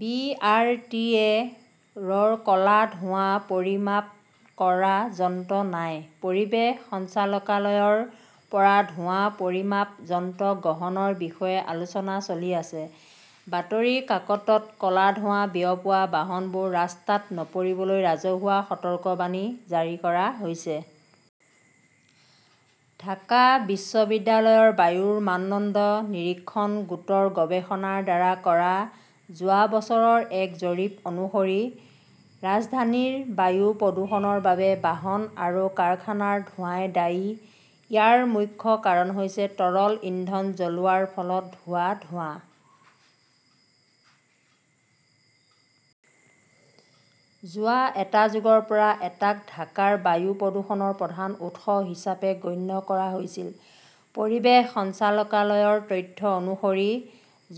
B. R. T. A. -ৰ ক'লা ধোঁৱা পৰিমাপ কৰা যন্ত্ৰ নাই। পৰিৱেশ সঞ্চালকালয়ৰ পৰা ধোঁৱা পৰিমাপ যন্ত্ৰ গ্ৰহণৰ বিষয়ে আলোচনা চলি আছে। বাতৰি কাকতত ক'লা ধোঁৱা বিয়পোৱা বাহনবোৰ ৰাস্তাত নপৰিবলৈ ৰাজহুৱা সতৰ্কবাণী জাৰি কৰা হৈছে। ঢাকা বিশ্ববিদ্যালয়ৰ বায়ুৰ মানদণ্ড নিৰীক্ষণ গোটৰ গৱেষণাৰ দ্বাৰা কৰা যোৱা বছৰৰ এক জৰীপ অনুসৰি, ৰাজধানীৰ বায়ু প্ৰদূষণৰ বাবে বাহন আৰু কাৰখানাৰ ধোঁৱাই দায়ী। ইয়াৰ মুখ্য কাৰণ হৈছে তৰল ইন্ধন জ্বলোৱাৰ ফলত হোৱা ধোঁৱা। যোৱা এটা যুগৰ পৰা ইটাক ঢাকাৰ বায়ু প্ৰদূষণৰ প্ৰধান উৎস হিচাপে গণ্য কৰা হৈছিল। পৰিৱেশ সঞ্চালকালয়ৰ তথ্য অনুসৰি,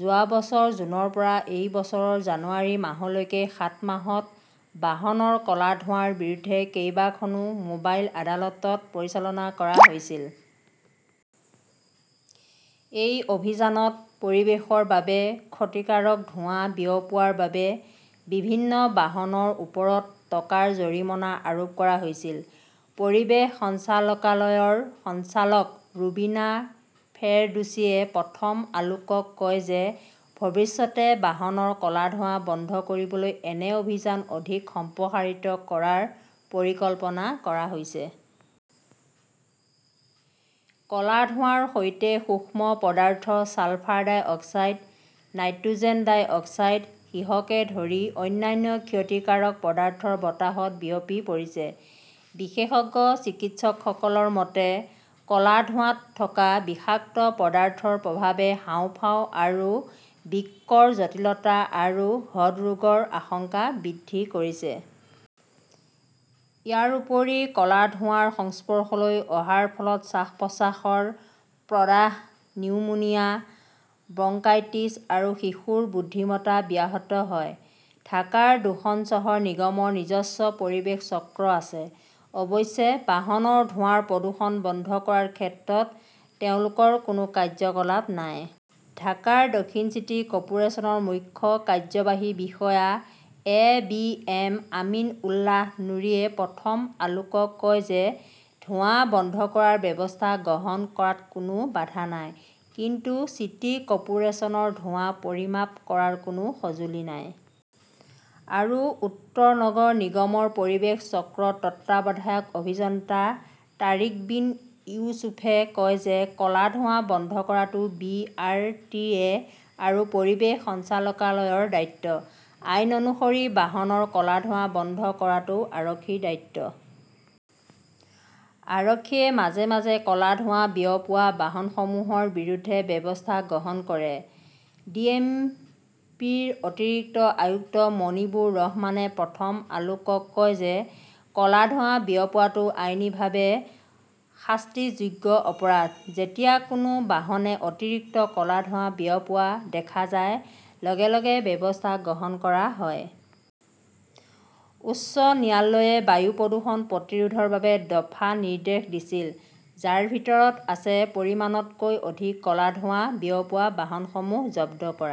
যোৱা বছৰ জুনৰ পৰা এই বছৰৰ জানুৱাৰী মাহলৈকে সাত মাহত বাহনৰ ক'লা ধোঁৱাৰ বিৰুদ্ধে কেইবাখনো মোবাইল আদালত পৰিচালনা কৰা হৈছিল। এই অভিযানত পৰিৱেশৰ বাবে ক্ষতিকাৰক ধোঁৱা বিয়পোৱাৰ বাবে বিভিন্ন বাহনৰ ওপৰত টকাৰ জৰিমনা আৰোপ কৰা হৈছিল। পৰিৱেশ সঞ্চালকালয়ৰ সঞ্চালক ৰুবিনা ফেৰদৌছিয়ে প্ৰথম আলোকক কয় যে ভৱিষ্যতে বাহনৰ ক'লা ধোঁৱা বন্ধ কৰিবলৈ এনে অভিযান অধিক সম্প্ৰসাৰিত কৰাৰ পৰিকল্পনা কৰা হৈছে। ক'লা ধোঁৱাৰ সৈতে সূক্ষ্ম পদাৰ্থ, sulphur dioxide, nitrogen dioxide, সীহকে ধৰি অন্যান্য ক্ষতিকাৰক পদাৰ্থ বতাহত বিয়পি পৰিছে। বিশেষজ্ঞ চিকিৎসকসকলৰ মতে, ক'লা ধোঁৱাত থকা বিষাক্ত পদাৰ্থৰ প্ৰভাৱে হাঁওফাঁও আৰু বৃক্কৰ জটিলতা আৰু হৃদৰোগৰ আশংকা বৃদ্ধি কৰিছে। ইয়াৰ উপৰি, ক'লা ধোঁৱাৰ সংস্পৰ্শলৈ অহাৰ ফলত শ্বাস-প্ৰশ্বাসৰ প্ৰদাহ, নিউমোনিয়া, ব্ৰংকাইটিছ আৰু শিশুৰ বুদ্ধিমত্তা ব্যাহত হয়। ঢাকাৰ দুখন চহৰ নিগমৰ নিজস্ব পৰিৱেশ চক্ৰ আছে। অৱশ্যে, বাহনৰ ধোঁৱা প্ৰদূষণ বন্ধ কৰাৰ ক্ষেত্ৰত তেওঁলোকৰ কোনো কাৰ্যকলাপ নাই। ঢাকা দক্ষিণ চিটি কৰ্পোৰেচনৰ মুখ্য কাৰ্যবাহী বিষয়া A. B. M. Amin Ullah নুৰীয়ে প্ৰথম আলোকক কয় যে, "ধোঁৱা বন্ধ কৰাৰ ব্যৱস্থা গ্ৰহণ কৰাত কোনো বাধা নাই। কিন্তু চিটি কৰ্পোৰেচনৰ ধোঁৱা পৰিমাপ কৰাৰ কোনো সঁজুলি নাই।" আৰু উত্তৰ নগৰ নিগমৰ পৰিৱেশ চক্ৰৰ তত্ত্বাৱধায়ক অভিযন্তা তাৰিক বিন ইউছুফে কয় যে, "ক'লা ধোঁৱা বন্ধ কৰাটো বি. আৰ. টি. এ. আৰু পৰিৱেশ সঞ্চালকালয়ৰ দায়িত্ব। আইন অনুসৰি, বাহনৰ ক'লা ধোঁৱা বন্ধ কৰাটোও আৰক্ষীৰ দায়িত্ব। আৰক্ষীয়ে মাজে মাজে ক'লা ধোঁৱা বিয়পোৱা বাহনসমূহৰ বিৰুদ্ধে ব্যৱস্থা গ্ৰহণ কৰে।" ডিএমপিৰ অতিৰিক্ত আয়ুক্ত মনিবুৰ ৰহমানে প্ৰথম আলোকক কয় যে, "ক'লা ধোঁৱা বিয়পোৱাটো আইনীভাৱে শাস্তিযোগ্য অপৰাধ। যেতিয়াই কোনো বাহনে অতিৰিক্ত ক'লা ধোঁৱা বিয়পোৱা দেখা যায়, লগে লগে ব্যৱস্থা গ্ৰহণ কৰা হয়।" উচ্চ ন্যায়ালয়ে বায়ু প্ৰদূষণ প্ৰতিৰোধৰ বাবে দফা নিৰ্দেশ দিছিল, যাৰ ভিতৰত আছে পৰিমাণতকৈ অধিক ক'লা ধোঁৱা বিয়পোৱা বাহনসমূহ জব্দ কৰা।